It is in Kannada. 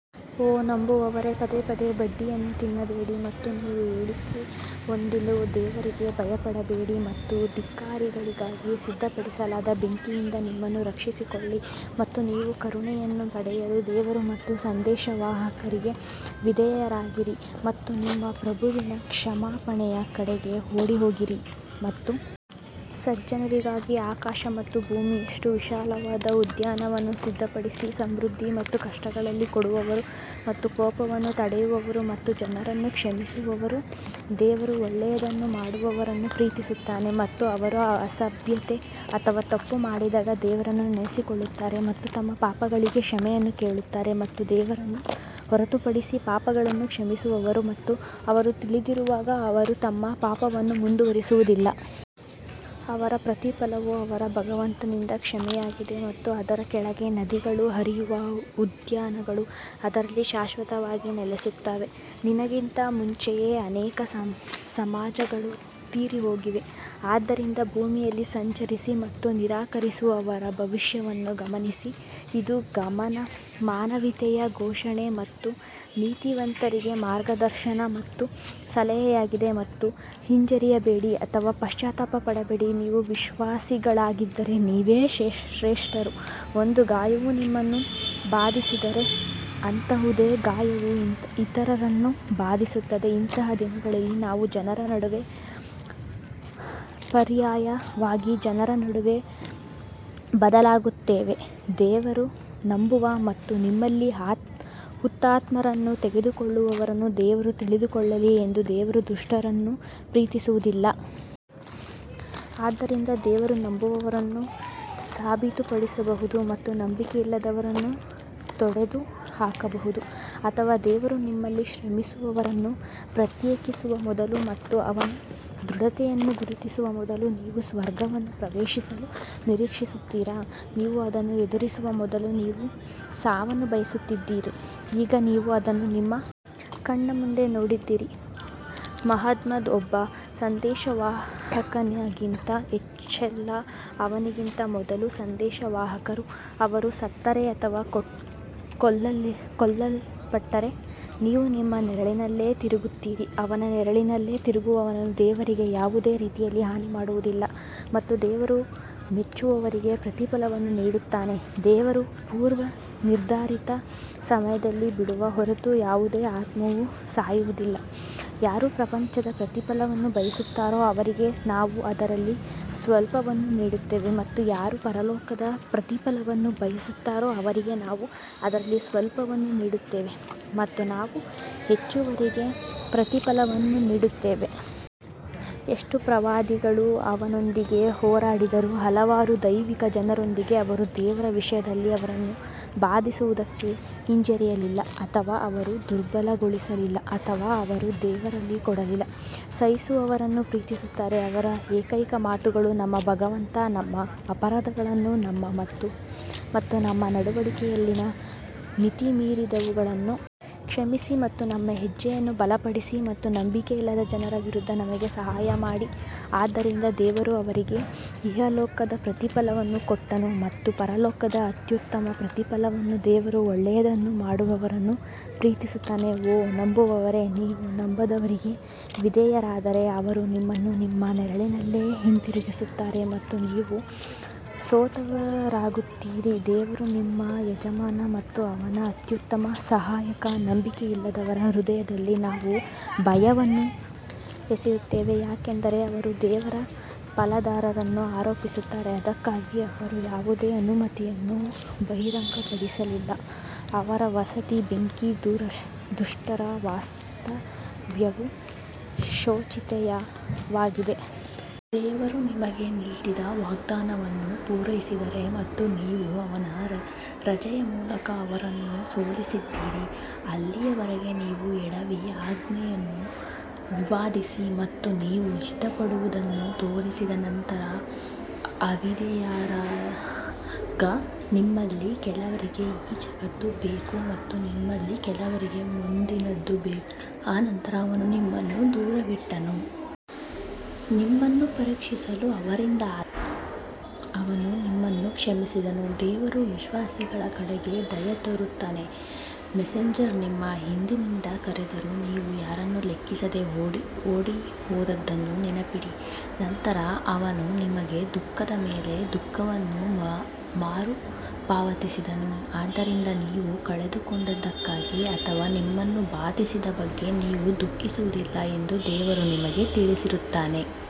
ಓ ನಂಬುವವರೇ, ಪದೇ ಪದೇ ಬಡ್ಡಿಯನ್ನು ತಿನ್ನಬೇಡಿ ಮತ್ತು ನೀವು ಏಳಿಗೆ ಹೊಂದಲು ದೇವರಿಗೆ ಭಯಪಡಬೇಡಿ ಮತ್ತು ಧಿಕ್ಕಾರಿಗಳಿಗಾಗಿ ಸಿದ್ಧಪಡಿಸಲಾದ ಬೆಂಕಿಯಿಂದ ನಿಮ್ಮನ್ನು ರಕ್ಷಿಸಿಕೊಳ್ಳಿ ಮತ್ತು ನೀವು ಕರುಣೆಯನ್ನು ಪಡೆಯಲು ದೇವರು ಮತ್ತು ಸಂದೇಶವಾಹಕರಿಗೆ ವಿಧೇಯರಾಗಿರಿ ಮತ್ತು ನಿಮ್ಮ ಪ್ರಭುವಿನ ಕ್ಷಮಾಪಣೆಯ ಕಡೆಗೆ ಓಡಿಹೋಗಿರಿ ಮತ್ತು ಸಜ್ಜನರಿಗಾಗಿ ಆಕಾಶ ಮತ್ತು ಭೂಮಿಯಷ್ಟು ವಿಶಾಲವಾದ ಉದ್ಯಾನವನ್ನು ಸಿದ್ಧಪಡಿಸಿ ಸಮೃದ್ಧಿ ಮತ್ತು ಕಷ್ಟಗಳಲ್ಲಿ ಕೊಡುವವರು ಮತ್ತು ಕೋಪವನ್ನು ತಡೆಯುವವರು ಮತ್ತು ಜನರನ್ನು ಕ್ಷಮಿಸುವವರು ದೇವರು ಒಳ್ಳೆಯದನ್ನು ಮಾಡುವವರನ್ನು ಪ್ರೀತಿಸುತ್ತಾನೆ ಮತ್ತು ಅವರು ಅಸಭ್ಯತೆ ಅಥವಾ ತಪ್ಪು ಮಾಡಿದಾಗ ದೇವರನ್ನು ನೆನಪಿಸಿಕೊಳ್ಳುತ್ತಾರೆ ಮತ್ತು ತಮ್ಮ ಪಾಪಗಳಿಗೆ ಕ್ಷಮೆಯನ್ನು ಕೇಳುತ್ತಾರೆ ಮತ್ತು ದೇವರನ್ನು ಹೊರತುಪಡಿಸಿ ಪಾಪಗಳನ್ನು ಕ್ಷಮಿಸುವವರು ಮತ್ತು ಅವರು ತಿಳಿದಿರುವಾಗ ಅವರು ತಮ್ಮ ತಪ್ಪನ್ನು ಮುಂದುವರಿಸುವುದಿಲ್ಲ. ಅವರ ಪ್ರತಿಫಲವು ಅವರ ಭಗವಂತನಿಂದ ಕ್ಷಮೆಯಾಗಿದೆ ಮತ್ತು ಅದರ ಕೆಳಗೆ ನದಿಗಳು ಹರಿಯುವ ಉದ್ಯಾನಗಳು ಅದರಲ್ಲಿ ಶಾಶ್ವತವಾಗಿ ನೆಲೆಸುತ್ತವೆ. ನಿನಗಿಂತ ಮುಂಚೆಯೇ ಅನೇಕ ಸಮಾಜಗಳು ತೀರಿಹೋಗಿವೆ ಆದ್ದರಿಂದ ಭೂಮಿಯಲ್ಲಿ ಸಂಚರಿಸಿ ಮತ್ತು ನಿರಾಕರಿಸುವವರ ಭವಿಷ್ಯವನ್ನು ಗಮನಿಸಿ ಇದು ಮಾನವೀಯತೆಯ ಘೋಷಣೆ ಮತ್ತು ನೀತಿವಂತರಿಗೆ ಮಾರ್ಗದರ್ಶನ ಮತ್ತು ಸಲಹೆಯಾಗಿದೆ ಮತ್ತು ಹಿಂಜರಿಯಬೇಡಿ ಅಥವಾ ಪಶ್ಚಾತ್ತಾಪ ಪಡಬೇಡಿ ನೀವು ವಿಶ್ವಾಸಿಗಳಾಗಿದ್ದರೆ ನೀವೇ ಶ್ರೇಷ್ಠರು ಒಂದು ಗಾಯವು ನಿಮ್ಮನ್ನು ಬಾಧಿಸಿದರೆ ಅಂತಹುದೇ ಗಾಯವು ಇತರರನ್ನು ಬಾಧಿಸುತ್ತದೆ ಅಂತಹ ದಿನಗಳಲ್ಲಿ ನಾವು ಜನರ ನಡುವೆ ಪರ್ಯಾಯವಾಗಿ ಜನರ ನಡುವೆ ಬದಲಾಗುತ್ತೇವೆ, ದೇವರು ನಂಬುವ ಮತ್ತು ನಿಮ್ಮಲ್ಲಿ ಹುತಾತ್ಮರನ್ನು ತೆಗೆದುಕೊಳ್ಳುವವರನ್ನು ದೇವರು ತಿಳಿದುಕೊಳ್ಳಲಿ ಎಂದು ದೇವರು ದುಷ್ಟರನ್ನು ಪ್ರೀತಿಸುವುದಿಲ್ಲ. ಆದ್ದರಿಂದ ದೇವರು ನಂಬುವವರನ್ನು ಸಾಬೀತುಪಡಿಸಬಹುದು ಮತ್ತು ನಂಬಿಕೆಯಿಲ್ಲದವರನ್ನು ತೊಡೆದುಹಾಕಬಹುದು ಅಥವಾ ದೇವರು ನಿಮ್ಮಲ್ಲಿ ಶ್ರಮಿಸುವವರನ್ನು ಪ್ರತ್ಯೇಕಿಸುವ ಮೊದಲು ಮತ್ತು ಅವನು ದೃಢತೆಯನ್ನು ಗುರುತಿಸುವ ಮೊದಲು ನೀವು ಸ್ವರ್ಗವನ್ನು ಪ್ರವೇಶಿಸಲು ನಿರೀಕ್ಷಿಸುತ್ತೀರಾ? ನೀವು ಅದನ್ನು ಎದುರಿಸುವ ಮೊದಲು ನೀವು ಸಾವನ್ನು ಬಯಸುತ್ತಿದ್ದಿರಿ ಈಗ ನೀವು ಅದನ್ನು ನಿಮ್ಮ ಕಣ್ಣ ಮುಂದೆ ನೋಡಿದ್ದೀರಿ ಮುಹಮ್ಮದ್ ಒಬ್ಬ ಸಂದೇಶವಾಹಕನಿಗಿಂತ ಹೆಚ್ಚಲ್ಲ ಅವನಿಗಿಂತ ಮೊದಲು ಸಂದೇಶವಾಹಕರು ಅವರು ಸತ್ತರೆ ಅಥವಾ ಕೊಲ್ಲಲ್ಪಟ್ಟರೆ ನೀವು ನಿಮ್ಮ ನೆರಳಿನಲ್ಲೇ ತಿರುಗುತ್ತೀರಾ ಅವನ ನೆರಳಿನಲ್ಲೇ ತಿರುಗುವವನು ದೇವರಿಗೆ ಯಾವುದೇ ರೀತಿಯಲ್ಲಿ ಹಾನಿ ಮಾಡುವುದಿಲ್ಲ ಮತ್ತು ದೇವರು ಮೆಚ್ಚುವವರಿಗೆ ಪ್ರತಿಫಲವನ್ನು ನೀಡುತ್ತಾನೆ ದೇವರು ಪೂರ್ವನಿರ್ಧರಿತ ಸಮಯದಲ್ಲಿ ಬಿಡುವ ಹೊರತು ಯಾವುದೇ ಆತ್ಮವು ಸಾಯುವುದಿಲ್ಲ, ಯಾರು ಪ್ರಪಂಚದ ಪ್ರತಿಫಲವನ್ನು ಬಯಸುತ್ತಾರೋ ಅವರಿಗೆ ನಾವು ಅದರಲ್ಲಿ ಸ್ವಲ್ಪವನ್ನು ನೀಡುತ್ತೇವೆ ಮತ್ತು ಯಾರು ಪರಲೋಕದ ಪ್ರತಿಫಲವನ್ನು ಬಯಸುತ್ತಾರೋ ಅವರಿಗೆ ನಾವು ಅದರಲ್ಲಿ ಸ್ವಲ್ಪವನ್ನು ನೀಡುತ್ತೇವೆ ಮತ್ತು ನಾವು ಮೆಚ್ಚುವವರಿಗೆ ಪ್ರತಿಫಲವನ್ನು ನೀಡುತ್ತೇವೆ. ಎಷ್ಟು ಪ್ರವಾದಿಗಳು ಅವನೊಂದಿಗೆ ಹೋರಾಡಿದರು ಹಲವಾರು ದೈವಿಕ ಜನರೊಂದಿಗೆ ಅವರು ದೇವರ ವಿಷಯದಲ್ಲಿ ಅವರನ್ನು ಬಾಧಿಸುವುದಕ್ಕೆ ಹಿಂಜರಿಯಲಿಲ್ಲ ಅಥವಾ ಅವರು ದುರ್ಬಲಗೊಳಿಸಲಿಲ್ಲ ಅಥವಾ ಅವರು ದೇವರಲ್ಲಿ ಕೊಡಲಿಲ್ಲ ಸಹಿಸುವವರನ್ನು ಪ್ರೀತಿಸುತ್ತಾರೆ ಅವರ ಏಕೈಕ ಮಾತುಗಳು ನಮ್ಮ ಭಗವಂತ ನಮ್ಮ ಅಪರಾಧಗಳನ್ನು ಮತ್ತು ನಮ್ಮ ನಡವಳಿಕೆಯಲ್ಲಿನ ಮಿತಿಮೀರಿದವುಗಳನ್ನು ಕ್ಷಮಿಸಿ ಮತ್ತು ನಮ್ಮ ಹೆಜ್ಜೆಯನ್ನು ಬಲಪಡಿಸಿ ಮತ್ತು ನಂಬಿಕೆಯಿಲ್ಲದ ಜನರ ವಿರುದ್ಧ ನಮಗೆ ಸಹಾಯ ಮಾಡಿ ಆದ್ದರಿಂದ ದೇವರು ಅವರಿಗೆ ಇಹಲೋಕದ ಪ್ರತಿಫಲವನ್ನು ಕೊಟ್ಟನು ಮತ್ತು ಪರಲೋಕದ ಅತ್ಯುತ್ತಮ ಪ್ರತಿಫಲವನ್ನು ದೇವರು ಒಳ್ಳೆಯದನ್ನು ಮಾಡುವವರನ್ನು ಪ್ರೀತಿಸುತ್ತಾನೆ ಓ ನಂಬುವವರೇ, ನೀವು ನಂಬದವರಿಗೆ ವಿಧೇಯರಾದರೆ ಅವರು ನಿಮ್ಮನ್ನು ನಿಮ್ಮ ನೆರಳಿನಲ್ಲೇ ಹಿಂತಿರುಗಿಸುತ್ತಾರೆ ಮತ್ತು ನೀವು ಸೋತವರಾಗುತ್ತೀರಿ ದೇವರು ನಿಮ್ಮ ಯಜಮಾನ ಮತ್ತು ಅವನು ಅತ್ಯುತ್ತಮ ಸಹಾಯಕ ನಂಬಿಕೆಯಿಲ್ಲದವರ ಹೃದಯದಲ್ಲಿ ನಾವು ಭಯವನ್ನು ಎಸೆಯುತ್ತೇವೆ ಏಕೆಂದರೆ ಅವರು ದೇವರ ಪಾಲುದಾರರನ್ನು ಆರೋಪಿಸುತ್ತಾರೆ, ಅದಕ್ಕಾಗಿ ಅವರು ಯಾವುದೇ ಅನುಮತಿಯನ್ನು ಬಹಿರಂಗಪಡಿಸಲಿಲ್ಲ ಅವರ ವಸತಿ ಬೆಂಕಿ ದುಷ್ಟರ ವಾಸ್ತವ್ಯವು ಶೋಚನೀಯವಾಗಿದೆ. ದೇವರು ನಿಮಗೆ ನೀಡಿದ ವಾಗ್ದಾನವನ್ನು ಪೂರೈಸಿದ್ದಾನೆ ಮತ್ತು ನೀವು ಅವನ ರಜೆಯ ಮೂಲಕ ಅವರನ್ನು ಸೋಲಿಸಿದ್ದೀರಿ, ಅಲ್ಲಿಯವರೆಗೆ ನೀವು ಎಡವಿ, ಆಜ್ಞೆಯನ್ನು ವಿವಾದಿಸಿ ಮತ್ತು ನೀವು ಇಷ್ಟಪಡುವದನ್ನು ತೋರಿಸಿದ ನಂತರ ಅವಿಧೇಯರಾದಾಗ ನಿಮ್ಮಲ್ಲಿ ಕೆಲವರಿಗೆ ಈ ಜಗತ್ತು ಬೇಕು ಮತ್ತು ನಿಮ್ಮಲ್ಲಿ ಕೆಲವರಿಗೆ ಮುಂದಿನದು ಬೇಕು ನಂತರ ಅವನು ನಿಮ್ಮನ್ನು ದೂರವಿಟ್ಟನು. ನಿಮ್ಮನ್ನು ಪರೀಕ್ಷಿಸಲು ಅವರಿಂದ ಆದರೆ ಅವನು ನಿಮ್ಮನ್ನು ಕ್ಷಮಿಸಿದನು, ದೇವರು ವಿಶ್ವಾಸಿಗಳ ಕಡೆಗೆ ದಯೆ ತೋರುತ್ತಾನೆ ಮೆಸೆಂಜರ್ ನಿಮ್ಮ ಹಿಂದಿನಿಂದ ಕರೆದರೂ ನೀವು ಯಾರನ್ನೂ ಲೆಕ್ಕಿಸದೆ ಓಡಿಹೋದುದನ್ನು ನೆನಪಿಡಿ, ನಂತರ ಅವನು ನಿಮಗೆ ದುಃಖದ ಮೇಲೆ ದುಃಖವನ್ನು ಮರುಪಾವತಿಸಿದನು, ಆದ್ದರಿಂದ ನೀವು ಕಳೆದುಕೊಂಡದ್ದಕ್ಕಾಗಿ ಅಥವಾ ನಿಮ್ಮನ್ನು ಬಾಧಿಸಿದ ಬಗ್ಗೆ ನೀವು ದುಃಖಿಸುವುದಿಲ್ಲ ಎಂದು ದೇವರು ನಿಮಗೆ ತಿಳಿದಿರುತ್ತಾನೆ.